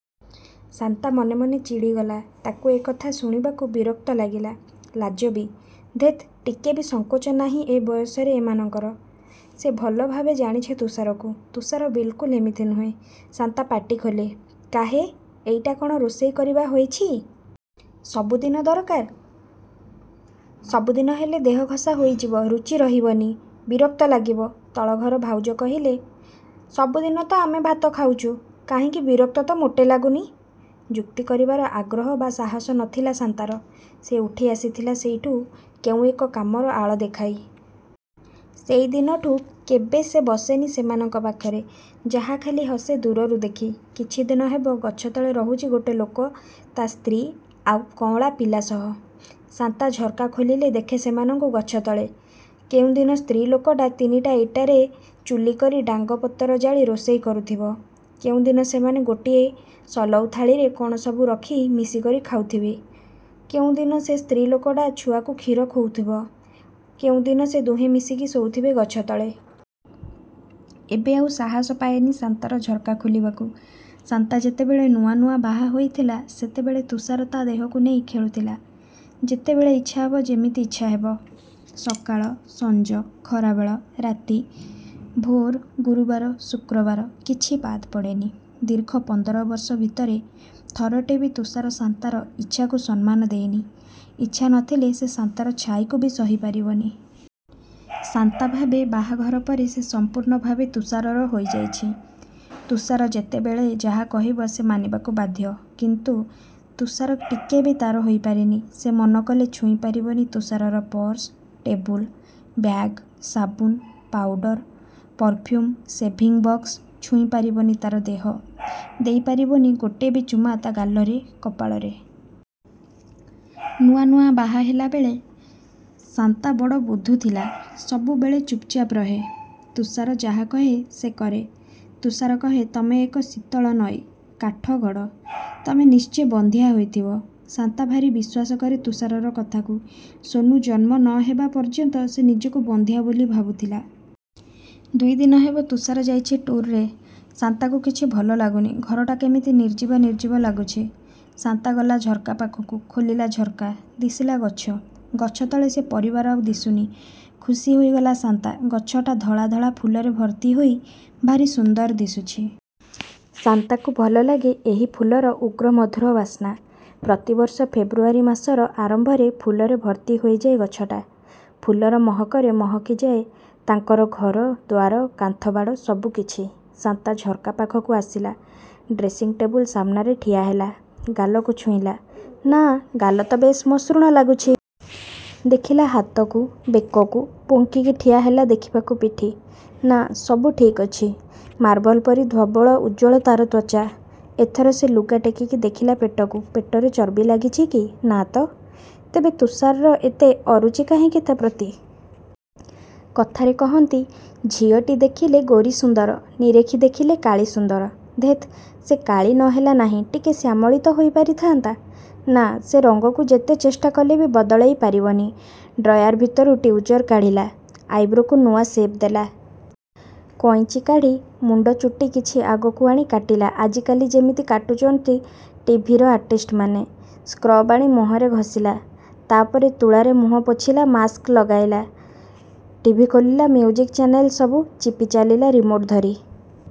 '' ଶାନ୍ତା ମନେମନେ ଚିଡ଼ିଗଲା ତାକୁ ଏ କଥା ଶୁଣିବାକୁ ବିରକ୍ତ ଲାଗଲା, ଲାଜ ବି। ଧେତ୍ ଟିକେବି ସଂକୋଚ ନାହିଁ ଏ ବୟସରେ ଏମାନଙ୍କର।। ସେ ଭଲଭାବେ ଜାଣିଛି ତୁଷାରକୁ। ତୁଷାର ବିଲକୁଲ ଏମିତି ନୁହେଁ। ଶାନ୍ତା ପାଟି ଖୋଲେ। କାହେ, ''ଏଇଟା କଣ ରୋଷେଇ କରିବା ହୋଇଛି। ସବୁଦିନ ଦରକାର। ସବୁଦିନ ହେଲେ ଦେହଘଷା ହୋଇଯିବ ରୁଚି ରହବନି, ବିରକ୍ତ ଲାଗିବ। ତଳଘର ଭାଉଜ କହିଲେ, ''ସବୁଦିନତ ଆମେ ଭାତ ଖାଉଛୁ କାହିଁକି ବିରକ୍ତ ତ ମୋଟେ ଲାଗୁନି। ଯୁକ୍ତି କରିବାର ଆଗ୍ରହ ବା ସାହସ ନ ଥିଲା ଶାନ୍ତାର ସେ ଉଠି ଆସିଥିଲା ସେଇଠୁ କେଉଁ ଏକ କାମର ଆଳ ଦେଖାଇ। ସେଇ ଦିନଠୁ କେବେ ସେ ବସେନି ସେମାନଙ୍କ ପାଖରେ। ଯାହାଖାଲି ହସେ ଦୂରରୁ ଦେଖି। କିଛିଦିନ ହେବ ଗଛତଳେ ରହୁଛି ଗୋଟେ ଲୋକ ତା' ସ୍ତ୍ରୀ ଆଉ କଅଁଳା ପିଲାସହ। ଶାନ୍ତା ଝର୍କା ଖୋଲିଲେ ଦେଖେ ସେମାନଙ୍କୁ ଗଛତଳେ। କେଉଁଦିନ ସେ ସ୍ତ୍ରୀଲୋକଟା ତିନିଟା ଇଟାରେ ଚଲିକରି ଡାଙ୍ଗ, ପତର ଜାଳି ରୋଷେଇ କରୁଥିବ, କେଉଁଦିନ ସେମାନେ ଗୋଟିଏ ସଲଉଥାଳିରେ କ'ଣ ସବୁ ରଖି ମିଶିକରି ଖାଉଥିବେ, କେଉଁଦିନ ସେ ସ୍ତ୍ରୀ ଲୋକଟା ଛୁଆକୁ ଖୀର ଖୋଉଥିବ, କେଉଁଦିନ ସେ ଦୁହେଁ ମିଶିକି ଶୋଉଥିବେ ଗଛତଳେ। ଏବେ ଆଉ ସାହସ ପାଏନି ଶାନ୍ତାର ଝର୍କା ଖୋଲିବାକୁ। ଶାନ୍ତା ଯେତେବେଳେ ନୂଆ ନୂଆ ବାହାହୋଇଥିଲା ସେତେବେଳେ ତୁଷାର ତା' ଦେହକୁ ନେଇ ଖେଳୁଥିଲା। ଯେତେବେଳେ ଇଚ୍ଛାହେବ ଯେମିତି ଇଚ୍ଛାହେବ। ସକାଳ, ସଂଜ, ଖରାବେଳ, ରାତି, ଭୋର, ଗୁରବାର, ଶୁକ୍ରବାର କିଛି ବାଦ୍ ପଡ଼େନି। ଦୀର୍ଘ ପନ୍ଦର ବର୍ଷ ଭିତରେ ଥରଟେ ବି ତୁଷାର ଶାନ୍ତାର ଇଚ୍ଛାକୁ ସମ୍ମାନ ଦେଇନି, ଇଚ୍ଛାନଥିଲେ ସେ ଶାନ୍ତାର ଛାଇକୁ ବି ସହିପାରିବନି। ଶାନ୍ତା ଭାବେ ବାହାଘର ପରେ ସେ ସଂପୂର୍ଣ୍ଣଭାବେ ତୁଷାରର ହେଇଯାଇଛି। ତୁଷାର ଯେତେବେଳେ ଯାହା କହିବ ସେ ମାନିବାକୁ ବାଧ୍ୟ। କିନ୍ତୁ ତୁଷାର ଟିକେ ବି ତା'ର ହୋଇପାରିନି, ସେ ମନ କଲେ ଛୁଇଁ ପାରିବନି ତୁଷାରର ପର୍ସ, ଟେବୁଲ, ବ୍ୟାଗ୍, ସାବୁନ, ପାଉଡ଼ର, ପରଫ୍ୟୁମ୍, ସେଭିଂଗ ବକ୍ସ, ଛୁଇଁ ପାରିବନି ତା'ର ଦେହ, ଦେଇପାରିବନି ଗୋଟେ ବି ଚୁମା ତା' ଗାଲରେ କପାଳରେ। ନୂଆ ନୂଆ ବାହା ହେଲାବେଳେ ଶାନ୍ତା ବଡ଼ ବୁଦ୍ଦୁ ଥିଲା ସବୁବେଳେ ଚୂପ୍ଚାପ ରହେ। ତୁଷାର ଯାହାକହେ ସେ କରେ। ତୁଷାର କହେ ତମେ ଏକ ଶୀତଳ ନଈ। କାଠଗଡ଼। ତମେ ନିଶ୍ଚେ ବନ୍ଧ୍ୟା ହୋଇଥିବ। ଶାନ୍ତା ଭାରି ବିଶ୍ୱାସ କରେ ତୁଷାରର କଥାକୁ। ସୋନୁ ଜନ୍ମ ନ ହେବା ପର୍ଯ୍ୟନ୍ତ ସେ ନିଜକୁ ବନ୍ଧ୍ୟା ବୋଲି ଭାବୁଥିଲା। ଦୁଇଦିନ ହେବ ତୁଷାର ଯାଇଛି ଟୁରରେ ଶାନ୍ତାକୁ କିଛି ଭଲଲାଗୁନି। ଘରଟା କେମିତି ନିର୍ଜିବ ନିର୍ଜିବ ଲାଗୁଛି। ଶାନ୍ତା ଗଲା ଝର୍କାପାଖକୁ, ଖୋଲିଲା ଝର୍କା। ଦିଶିଲା ଗଛ। ଗଛ ତଳେ ସେ ପରିବାର ଆଉ ଦିଶୁନି। ଖୁସି ହୋଇଗଲା ଶାନ୍ତା। ଗଛଟା ଧଳାଧଳା ଫୁଲରେ ଭର୍ତ୍ତି ହୋଇ ଭାରି ସୁଦର ଦିଶୁଛି। ଶାନ୍ତାକୁ ଭଲଲାଗେ ଏହି ଫୁଲର ଉଗ୍ରମଧୁର ବାସ୍ନା। ପ୍ରତିବର୍ଷ ଫେବୃଆରୀ ମାସର ଆରମ୍ଭରେ ଫୁଲରେ ଭର୍ତ୍ତି ହୋଇଯାଏ ଗଛଟା...। ଫୁଲର ମହକରେ ମହକିଯାଏ ତାଙ୍କର ଘର, ଦ୍ୱାର, କାନ୍ଥବାଡ଼ ସବୁକିଛି। ଶାନ୍ତା ଝର୍କାପାଖରୁ ଆସିଲା, ଡ୍ରେସିଂଟେବୁଲ ସାମ୍ନାରେ ଠିଆ ହେଲା। ଗାଲକୁ ଛୁଇଁଲା, ନା ଗାଲତ ବେଶ୍ ମସୃଣ ଲାଗୁଛି। ଦେଖିଲା ହାତକୁ, ବେକକୁ, ବଙ୍କିକି ଠିଆ ହେଲା ଦେଖିବାକୁ ପିଠି, ନା ସବୁ ଠିକ୍ ଅଛି। ମାର୍ବଲପରି ଧବଳ, ଉଜ୍ଜ୍ୱଳ ତା'ର ତ୍ୱାଚା ଏଥର ସେ ଲୁଗା ଟେକି ଦେଖିଲା ପେଟକୁ, ପେଟରେ ଚର୍ବି ଲାଗିଛିକି, ନା' ତ। ତେବେ ତୁଷାରର ଏତେ ଅରୁଚି କାହିଁକି ତା'ପ୍ରତି। କଥାରେ କହନ୍ତି, ''ଝଅଟି ଦେଖିଲେ ଗୋରି ସୁନ୍ଦର ନିରେଖି ଦେଖିଲେ କାଳି ସୁନ୍ଦର। '' ଧେତ୍ ସେ କାଳି ନ ହେଲା ନାହିଁ ଟିକେ ଶ୍ୟାମଳୀତ ହୋଇପାରଥାନ୍ତା। ନା। ସେ ରଂଗକୁ ଯେତେ ଚେଷ୍ଟାକଲେ ବି ବଦଳେଇ ପାରିବନି। ଡ୍ରୟାର ଭିତରୁ ଟ୍ୟୁଜର କାଢ଼ିଲା, ଆଇବ୍ରୋକୁ ନୂଆ ସେପ୍ ଦେଲା। କଇଁଚି କାଢ଼ି, ମୁଣ୍ଡ ଚୁଟି କିଛି ଆଗକୁ ଆଣି କାଟିଲା ଆଜିକାଲି ଯେମିତି କାଟୁଛନ୍ତି ଟିଭିର ଆର୍ଟିଷ୍ଟମାନେ। ସ୍କ୍ରବ ଆଣି ମୁହଁରେ ଘଷିଲା। ତା'ପରେ ତୁଳାରେ ମୁହଁ ପୋଛିଲା ମାକ୍ସ ଲଗାଇଲା। ଟିଭି ଖୋଲିଲା ମ୍ୟୁଜିକ ଚ୍ୟାନେଲ ସବୁ ଚିପିଚାଲିଲା, ରିମୋଟ ଧରି।